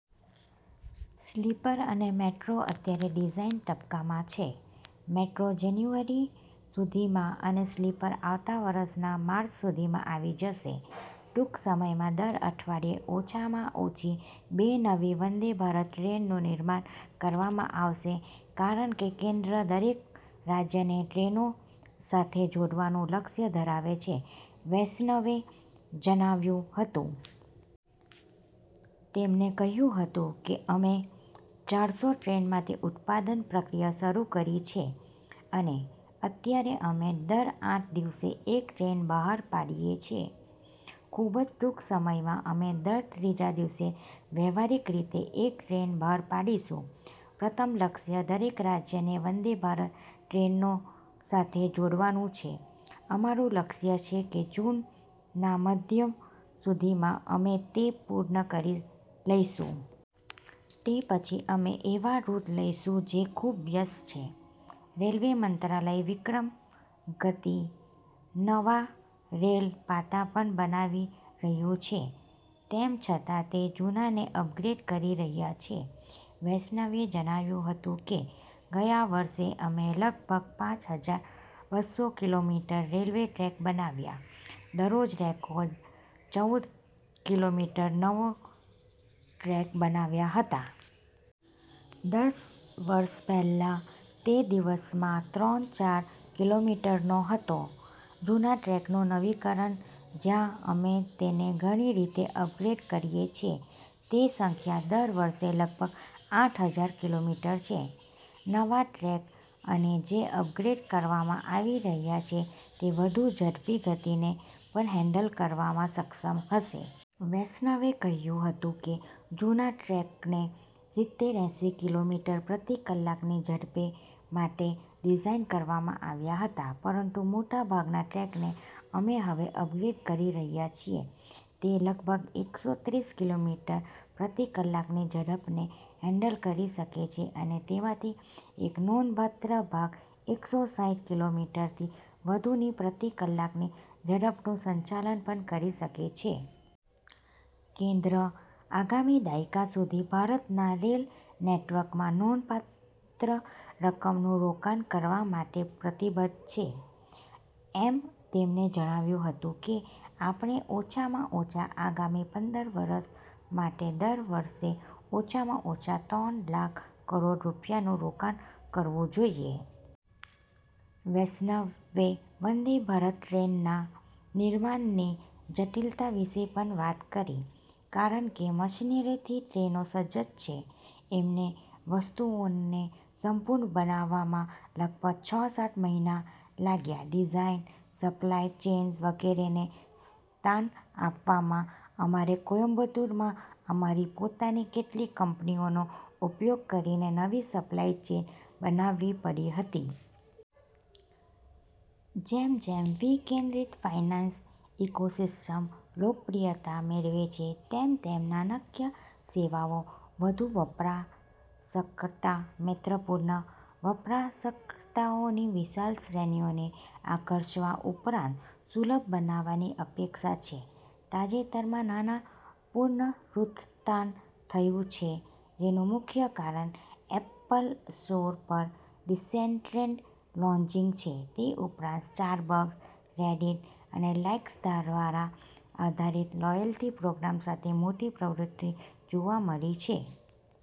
Sleeper અને metro અત્યારે design તબક્કામાં છે. મેટ્રો જાન્યુઆરી સુધીમાં અને સ્લીપર આવતા વર્ષના માર્ચ સુધીમાં આવી જશે. ટૂંક સમયમાં, દર અઠવાડિયે ઓછામાં ઓછી બે નવી વંદે ભારત ટ્રેનોનું નિર્માણ કરવામાં આવશે કારણ કે કેન્દ્ર દરેક રાજ્યને ટ્રેનો સાથે જોડવાનું લક્ષ્ય ધરાવે છે, વૈષ્ણવે જણાવ્યું હતું. તેમણે કહ્યું હતું કે, "અમે ચારસો ટ્રેનો માટે ઉત્પાદન પ્રક્રિયા શરૂ કરી છે અને અત્યારે અમે દર આઠ દિવસે એક ટ્રેન બહાર પાડીએ છીએ. ખૂબ જ ટૂંક સમયમાં અમે દર ત્રીજા દિવસે વ્યવહારીક રીતે એક ટ્રેન બહાર પાડીશું, પ્રથમ લક્ષ્ય દરેક રાજ્યને વંદે ભારત ટ્રેનો સાથે જોડવાનું છે, અમારું લક્ષ્ય છે કે જૂનના મધ્ય સુધીમાં અમે તે પૂર્ણ કરી લઈશું. તે પછી અમે એવા રૂટ લઈશું જે ખૂબ વ્યસ્ત છે. " રેલ્વે મંત્રાલય વિક્રમ ગતિ નવા રેલ પાટા પણ બનાવી રહ્યું છે, તેમ છતાં તે જૂનાને અપગ્રેડ કરી રહ્યું છે, વૈષ્ણવે જણાવ્યું હતું કે, "ગયા વર્ષે, અમે લગભગ પાંચ હજાર બસ્સો કિલોમીટર રેલ્વે ટ્રેક બનાવ્યા, દરરોજ રેકોર્ડ ચૌદ કિલોમીટર નવા ટ્રેક બનાવ્યા હતા. દસ વર્ષ પહેલાં, તે દિવસમાં ત્રણ-ચાર કિલોમીટરનો હતો, જૂના ટ્રેકનું નવીકરણ, જ્યાં અમે તેને ઘણી રીતે અપગ્રેડ કરીએ છીએ, તે સંખ્યા દર વર્ષે લગભગ આઠ હજાર કિલોમીટર છે. " નવા ટ્રેક અને જે અપગ્રેડ કરવામાં આવી રહ્યા છે તે વધુ ઝડપી ગતિને પણ હેન્ડલ કરવામાં સક્ષમ હશે. વૈષ્ણવે કહ્યું હતું કે, "જૂના ટ્રેકને સિત્તેર-એંસી કિલોમીટર પ્રતિ કલાકની ઝડપ માટે ડિઝાઇન કરવામાં આવ્યા હતા, પરંતુ મોટા ભાગના ટ્રેકને અમે હવે અપગ્રેડ કરી રહ્યા છીએ, તે લગભગ એકસો ત્રીસ કિલોમીટર પ્રતિ કલાકની ઝડપને હેન્ડલ કરી શકે છે અને તેમાંથી એક નોંધપાત્ર ભાગ એકસો સાઈઠ કિલોમીટરથી વધુની પ્રતિ કલાકની ઝડપનું સંચાલન પણ કરી શકે છે. કેન્દ્ર આગામી દાયકા સુધી ભારતના રેલ નેટવર્કમાં નોંધપાત્ર રકમનું રોકાણ કરવા માટે પ્રતિબદ્ધ છે, એમ તેમણે જણાવ્યું હતું કે, "આપણે ઓછામાં ઓછા આગામી પંદર વર્ષ માટે દર વર્ષે ઓછામાં ઓછા ત્રણ લાખ કરોડ રૂપિયાનું રોકાણ કરવું જોઈએ. " વૈષ્ણવે વંદે ભારત ટ્રેનોના નિર્માણની જટિલતા વિશે પણ વાત કરી, કારણ કે મશીનરીથી ટ્રેનો સજ્જ છે. "અમને વસ્તુઓને સંપૂર્ણ બનાવવામાં લગભગ છ-સાત મહિના લાગ્યા, ડિઝાઇન, સપ્લાય ચેઇન્સ વગેરેને સ્થાન આપવામાં, અમારે કોઇમ્બતુરમાં અમારી પોતાની કેટલીક કંપનીઓનો ઉપયોગ કરીને નવી સપ્લાય ચેઇન બનાવવી પડી હતી. જેમ જેમ વિકેન્દ્રિત ફાઇનાન્સ ઇકોસિસ્ટમ લોકપ્રિયતા મેળવે છે, તેમ તેમ નાણાકીય સેવાઓ વધુ વપરાશકર્તા-મૈત્રીપૂર્ણ, વપરાશકર્તાઓની વિશાળ શ્રેણીને આકર્ષવા ઉપરાંત સુલભ બનવાની અપેક્ષા છે. " તાજેતરમાં નાના પુનરુત્થાન થયું છે જેનું મુખ્ય કારણ એપલ સ્ટોર પર ડીસેન્ટ્રલેન્ડ લોન્ચિંગ છે, તે ઉપરાંત સ્ટારબક્સ, રેડિટ અને લાઇક્સ દ્વારા -આધારિત લોયલ્ટી પ્રોગ્રામ્સ સાથે મોટી પ્રવૃત્તિ જોવા મળી છે.